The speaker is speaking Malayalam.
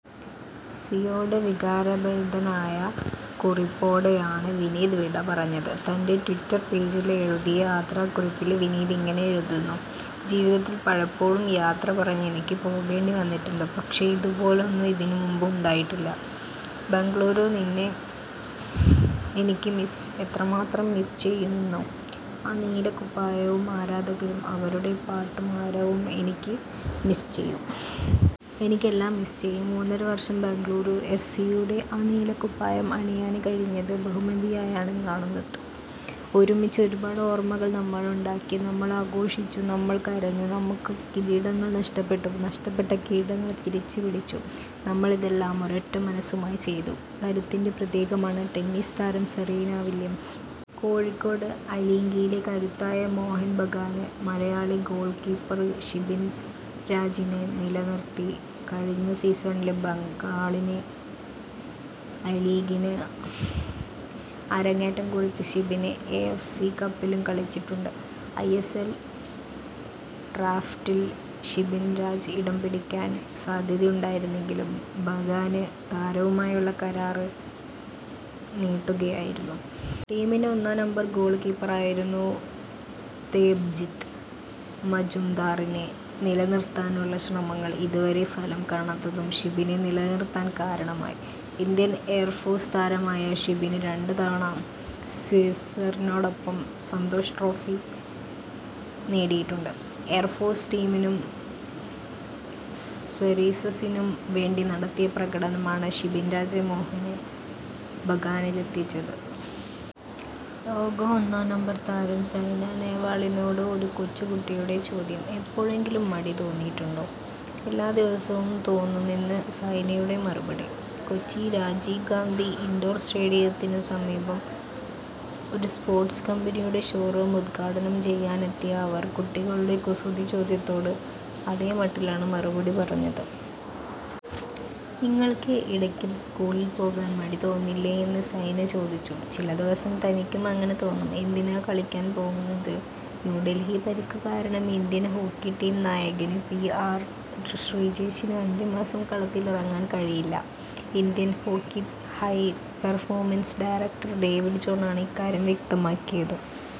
സിയോട് വികാരഭരിതനായ കുറിപ്പോടെയാണ് വിനീത് വിടപറഞ്ഞത്. തന്റെ ട്വിറ്റർ പേജില് എഴുതിയ യാത്രാക്കുറിപ്പിൽ വിനീത് ഇങ്ങനെ എഴുതുന്നു. ''ജീവിതത്തിൽ പലപ്പോഴും യാത്ര പറഞ്ഞ് എനിക്ക് പോകേണ്ടി വന്നിട്ടുണ്ട്. പക്ഷേ ഇതുപോലൊന്ന് ഇതിന് മുമ്പ് ഉണ്ടായിട്ടില്ല. ബെംഗളൂരു, നിന്നെ എനിക്ക് മിസ് എത്രമാത്രം മിസ്സ് ചെയ്യുമെന്നോ. ആ നീലക്കുപ്പായവും ആരാധകരും അവരുടെ പാട്ടും ആരവവും എനിക്ക് മിസ്സ് ചെയ്യും. എനിക്ക് എല്ലാം മിസ്സ് ചെയ്യും. മൂന്നര വർഷം ബെംഗളൂരു എഫ്. സിയുടെ ആ നീലക്കുപ്പായം അണിയാൻ കഴിഞ്ഞത് ബഹുമതിയായാണ് കാണുന്നത്. ഒരുമിച്ച് ഒരുപാട് ഓർമ്മകൾ നമ്മളുണ്ടാക്കി, നമ്മൾ ആഘോഷിച്ചു, നമ്മൾ കരഞ്ഞു, നമുക്ക് കിരീടങ്ങൾ നഷ്ടപ്പെട്ടു, നഷ്ടപ്പെട്ട കിരീടങ്ങൾ തിരിച്ചുപിടിച്ചു. നമ്മൾ ഇതെല്ലാം ഒരൊറ്റ മനസ്സുമായി ചെയ്തു. കരുത്തിന്റെ പ്രതീകമാണ് ടെന്നീസ് താരം സെറീന വില്യംസ്. കോഴിക്കോട്:ഐലീഗിലെ കരുത്തരായ മോഹൻ ബഗാന് മലയാളി ഗോൾകീപ്പർ ഷിബിൻ രാജിനെ നിലനിർത്തി. കഴിഞ്ഞ സീസണിൽ ബംഗാളിനെ ഐലീഗിന് അരങ്ങേറ്റം കുറിച്ച ഷിബിന് എ. എഫ്. സി കപ്പിലും കളിച്ചിട്ടുണ്ട്. ഐ. എസ്. എൽ ഡ്രാഫ്റ്റിൽ ഷിബിൻ രാജ് ഇടം പിടിക്കാൻ സാധ്യതയുണ്ടായിരുന്നെങ്കിലും ബഗാന് താരവുമായുള്ള കരാറ് നീട്ടുകയായിരുന്നു. ടീമിന്റെ ഒന്നാം നമ്പർ ഗോൾ കീപ്പറായിരുന്നു ദേബ്ജിത്ത് മജുംദാറിനെ നിലനിർത്താനുള്ള ശ്രമങ്ങൾ ഇത് വരെ ഫലം കാണാത്തതും ഷിബിനെ നിലനിർത്താൻ കാരണമായി. ഇന്ത്യൻ എയർഫോഴ്സ് താരമായ ഷിബിന് രണ്ട് തവണ സ്വസർനോടൊപ്പം സന്തോഷ് ട്രോഫി നേടിയിട്ടുണ്ട്. എയർ ഫോഴ്സ് ടീമിനും, സര്വീസസിനും വേണ്ടി നടത്തിയ പ്രകടനമാണ് ഷിബിൻ രാജ് മോഹന് ബഗാനിലെത്തിച്ചത്. ലോക ഒന്നാം നമ്പർ താരം സൈന നേവാളിനോട് ഒരു കൊച്ചുകുട്ടിയുടെ ചോദ്യം. എപ്പോഴെങ്കിലും മടി തോന്നിയിട്ടുണ്ടോ. എല്ലാ ദിവസവും തോന്നുമെന്ന് സൈനയുടെ മറുപടി. കൊച്ചി രാജീവ് ഗാന്ധി ഇൻഡോർ സ്റ്റേഡിയത്തിനു സമീപം ഒരു സ്പോർട്സ് കമ്പനിയുടെ ഷോറൂം ഉദ്ഘാടനം ചെയ്യാനെത്തിയ അവർ കുട്ടികളുടെ കുസൃതിച്ചോദ്യത്തോട് അതേമട്ടിലാണ് മറുപടി പറഞ്ഞത്. നിങ്ങൾക്ക് ഇടയ്ക്ക് സ്കൂളില്പോകാൻ മടി തോന്നില്ലേയെന്ന് സൈന ചോദിച്ചു. ചില ദിവസം തനിക്കും അങ്ങനെ തോന്നും. എന്തിനാ കളിക്കാൻ പോകുന്നത്. ന്യൂഡൽഹി:പരിക്കുകാരണം ഇന്ത്യൻ ഹോക്കി ടീം നായകന് പി. ആർ. ശ്രീജേഷിന് അഞ്ചുമാസം കളത്തിലിറങ്ങാൻ കഴിയില്ല. Indian hockey high performance director David ജോണാണ് ഇക്കാര്യം വ്യക്തമാക്കിയത്.